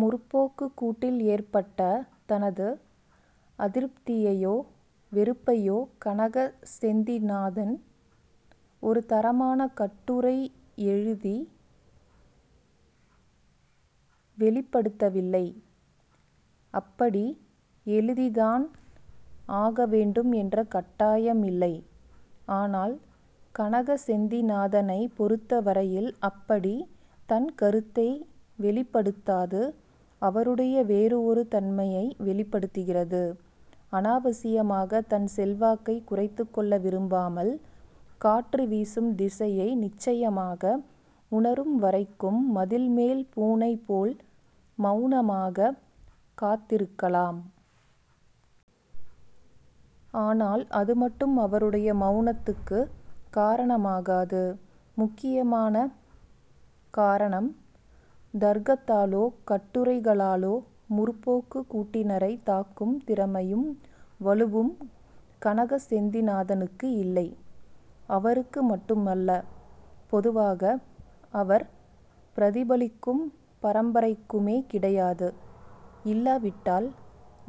முற்போக்கு'க் கூட்டில் ஏற்பட்ட தனது அதிருப்தியையோ வெறுப்பையோ கனக செந்திநாதன் ஒரு தரமான கட்டுரை எழுதி வெளிப்படுத்தவில்லை. அப்படி எழுதித்தான் ஆகவேண்டும் என்ற கட்டாயம் இல்லை. ஆனால் கனக செந்திநாதனைப் பொருத்தவரையில் அப்படித் தன் கருத்தை வெளிப்படுத்தாது அவருடைய வேறு ஒரு தன்மையை வெளிப்படுத்துகிறது. அனாவசியமாகத் தன் செல்வாக்கைக் குறைத்துக்கொள்ள விரும்பாமல் காற்று வீசும் திசையை நிச்சயமாக உணரும் வரைக்கும் மதில்மேல் பூனைபோல் மௌனமாகக் காத்திருக்கலாம். ஆனால் அதுமட்டும் அவருடைய மௌனத்துக்குக் காரணமாகாது. முக்கியமான காரணம் தர்க்கத்தாலோ கட்டுரைகளாலோ 'முற்போக்கு'க் கூட்டினரைத் தாக்கும் திறமையும் வலுவும் கனக செந்திநாதனுக்கு இல்லை. அவருக்கு மட்டுமல்ல, பொதுவாக அவர் பிரதிபலிக்கும் பரம்பரைக்குமே கிடையாது. இல்லாவிட்டால்,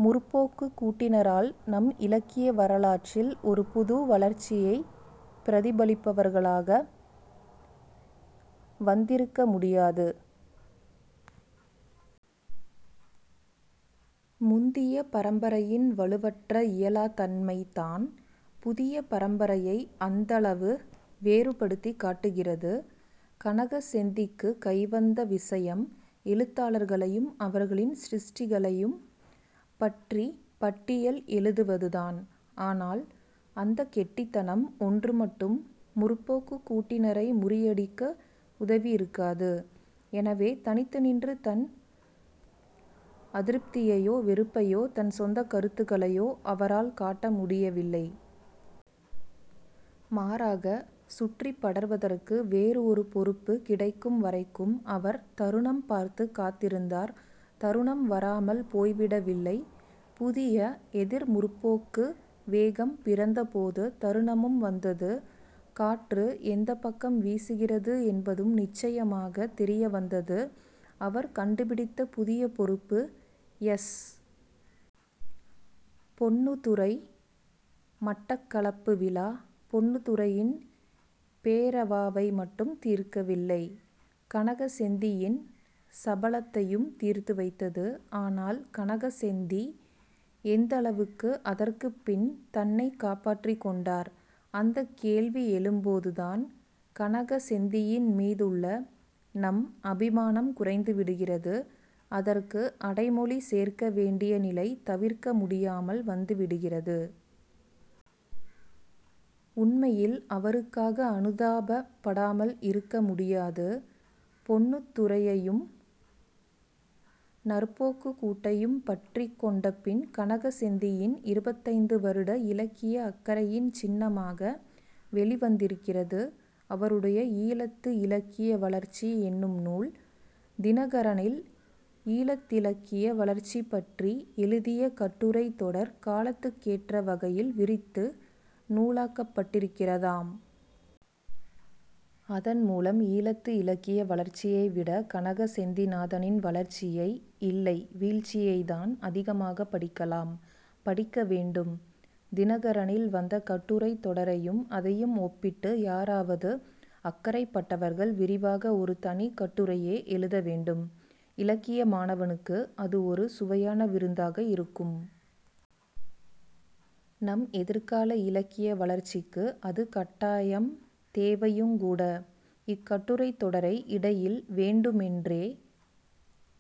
'முற்போக்கு'க் கூட்டினரால் நம் இலக்கிய வரலாற்றில் ஒரு புது வளர்ச்சியைப் பிரதிபலிப்பவர்களாக வந்திருக்க முடியாது. முந்திய பரம்பரையின் வலுவற்ற இயலாத் தன்மைதான் புதிய பரம்பரையை அந்தளவு வேறுபடுத்திக் காட்டுகிறது. கனக செந்திக்கு கைவந்த விசயம், எழுத்தாளர்களையும் அவர்களின் சிருஷ்டிகளையும் பற்றிப் பட்டியல் எழுதுவதுதான். ஆனால்அந்தக் கெட்டித்தனம் ஒன்று மட்டும் 'முற்போக்கு'க் கூட்டினரை முறியடிக்க உதவியிருக்காது. எனவே, தனித்து நின்று தன் அதிருப்தியையோ, வெறுப்பையோ, தன் சொந்தக் கருத்துகளையோ அவரால் காட்ட முடியவில்லை. மாறாக, சுற்றிப் படர்வதற்கு வேறு ஒரு பொறுப்பு கிடைக்கும் வரைக்கும் அவர் தருணம் பார்த்துக் காத்திருந்தார். தருணம் வராமல் போய்விடவில்லை. புதிய எதிர் 'முற்போக்கு' வேகம் பிறந்தபோது தருணமும் வந்தது. காற்று எந்தப் பக்கம் வீசுகிறது என்பதும் நிச்சயமாகத் தெரியவந்தது. அவர் கண்டுபிடித்த புதிய பொறுப்பு எஸ். பொன்னுத்துரை. மட்டக்களப்பு விழா, பொன்னுத்துரையின் பேரவாவை மட்டும் தீர்க்கவில்லை. கனக செந்தியின் சபலத்தையும் தீர்த்துவைத்தது. ஆனால் கனகசெந்தி எந்தளவுக்கு அதற்குப் பின் தன்னை காப்பாற்றிக் கொண்டார்? அந்தக் கேள்வி எழும்போதுதான் கனக செந்தியின் மீதுள்ள நம் அபிமானம் குறைந்துவிடுகிறது. அதற்கு அடைமொழி சேர்க்க வேண்டிய நிலை தவிர்க்க முடியாமல் வந்துவிடுகிறது. உண்மையில் அவருக்காக அனுதாபப் படாமல் இருக்க முடியாது. பொன்னுத்துரையையும் 'நற்போக்கு'க் கூட்டையும் பற்றிக் கொண்ட பின் கனக செந்தியின் இருபத்தைந்து வருட இலக்கிய அக்கறையின் சின்னமாக வெளிவந்திருக்கிறது அவருடைய 'ஈழத்து இலக்கிய வளர்ச்சி' என்னும் நூல். 'தினகரனி'ல் ஈழத்திலக்கிய வளர்ச்சிபற்றி எழுதிய கட்டுரைத் தொடர் காலத்துக்கேற்றவகையில் விரித்து நூலாக்கப்பட்டிருக்கிறதாம். அதன் மூலம் ஈழத்து இலக்கிய வளர்ச்சியை விட கனக செந்திநாதனின் வளர்ச்சியை, இல்லை வீழ்ச்சியைத்தான், அதிகமாகப் படிக்கலாம். படிக்க வேண்டும். 'தினகரனி'ல் வந்த கட்டுரைத் தொடரையும் அதையும் ஒப்பிட்டு யாராவது அக்கறைப்பட்டவர்கள் விரிவாக ஒரு தனிக் கட்டுரையே எழுத வேண்டும். இலக்கிய மாணவனுக்கு அது ஒரு சுவையான விருந்தாக இருக்கும். நம் எதிர்கால இலக்கிய வளர்ச்சிக்கு அது கட்டாயம் தேவையுங்கூட. இக்கட்டுரைத் தொடரை இடையில் வேண்டுமென்றே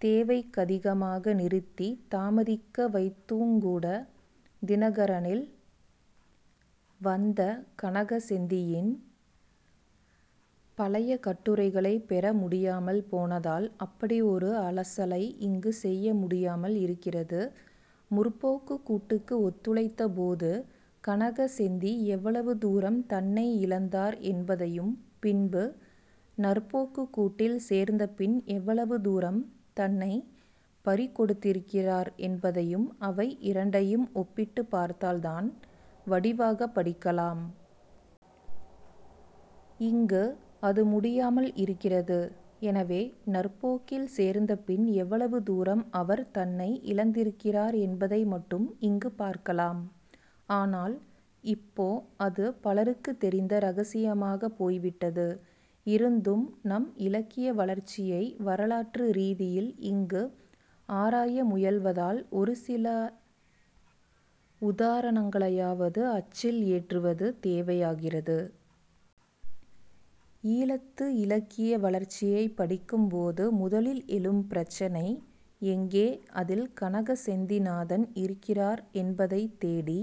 தேவைக்கதிகமாக நிறுத்தித் தாமதிக்க வைத்துங்கூட 'தினகரனி'ல் வந்த கனக செந்தியின் பழைய கட்டுரைகளைப் பெற முடியாமல் போனதால் அப்படி ஒரு அலசலை இங்கு செய்ய முடியாமல் இருக்கிறது. 'முற்போக்கு'க் கூட்டுக்கு ஒத்துழைத்தபோது கனக செந்தி எவ்வளவு தூரம் தன்னை இழந்தார் என்பதையும் பின்பு 'நற்போக்கு'க் கூட்டில் சேர்ந்த பின் எவ்வளவு தூரம் தன்னைப் பறிகொடுத்திருக்கிறார் என்பதையும் அவை இரண்டையும் ஒப்பிட்டுப் பார்த்தால் தான் வடிவாகப் படிக்கலாம். இங்கு அது முடியாமல் இருக்கிறது. எனவே, 'நற்போக்கி'ல் சேர்ந்த பின் எவ்வளவு தூரம் அவர் தன்னை இழந்திருக்கிறார் என்பதை மட்டும் இங்கு பார்க்கலாம். ஆனால் இப்போ அது பலருக்குத் தெரிந்த இரகசியமாகப் போய்விட்டது. இருந்தும் நம் இலக்கிய வளர்ச்சியை வரலாற்று ரீதியில் இங்கு ஆராய முயல்வதால் ஒரு சில உதாரணங்களையாவது அச்சில் ஏற்றுவது தேவையாகிறது. 'ஈழத்து இலக்கிய வளர்ச்சி'யைப் படிக்கும்போது முதலில் எழும் பிரச்சினை எங்கே அதில் கனக செந்திநாதன் இருக்கிறார் என்பதைத் தேடி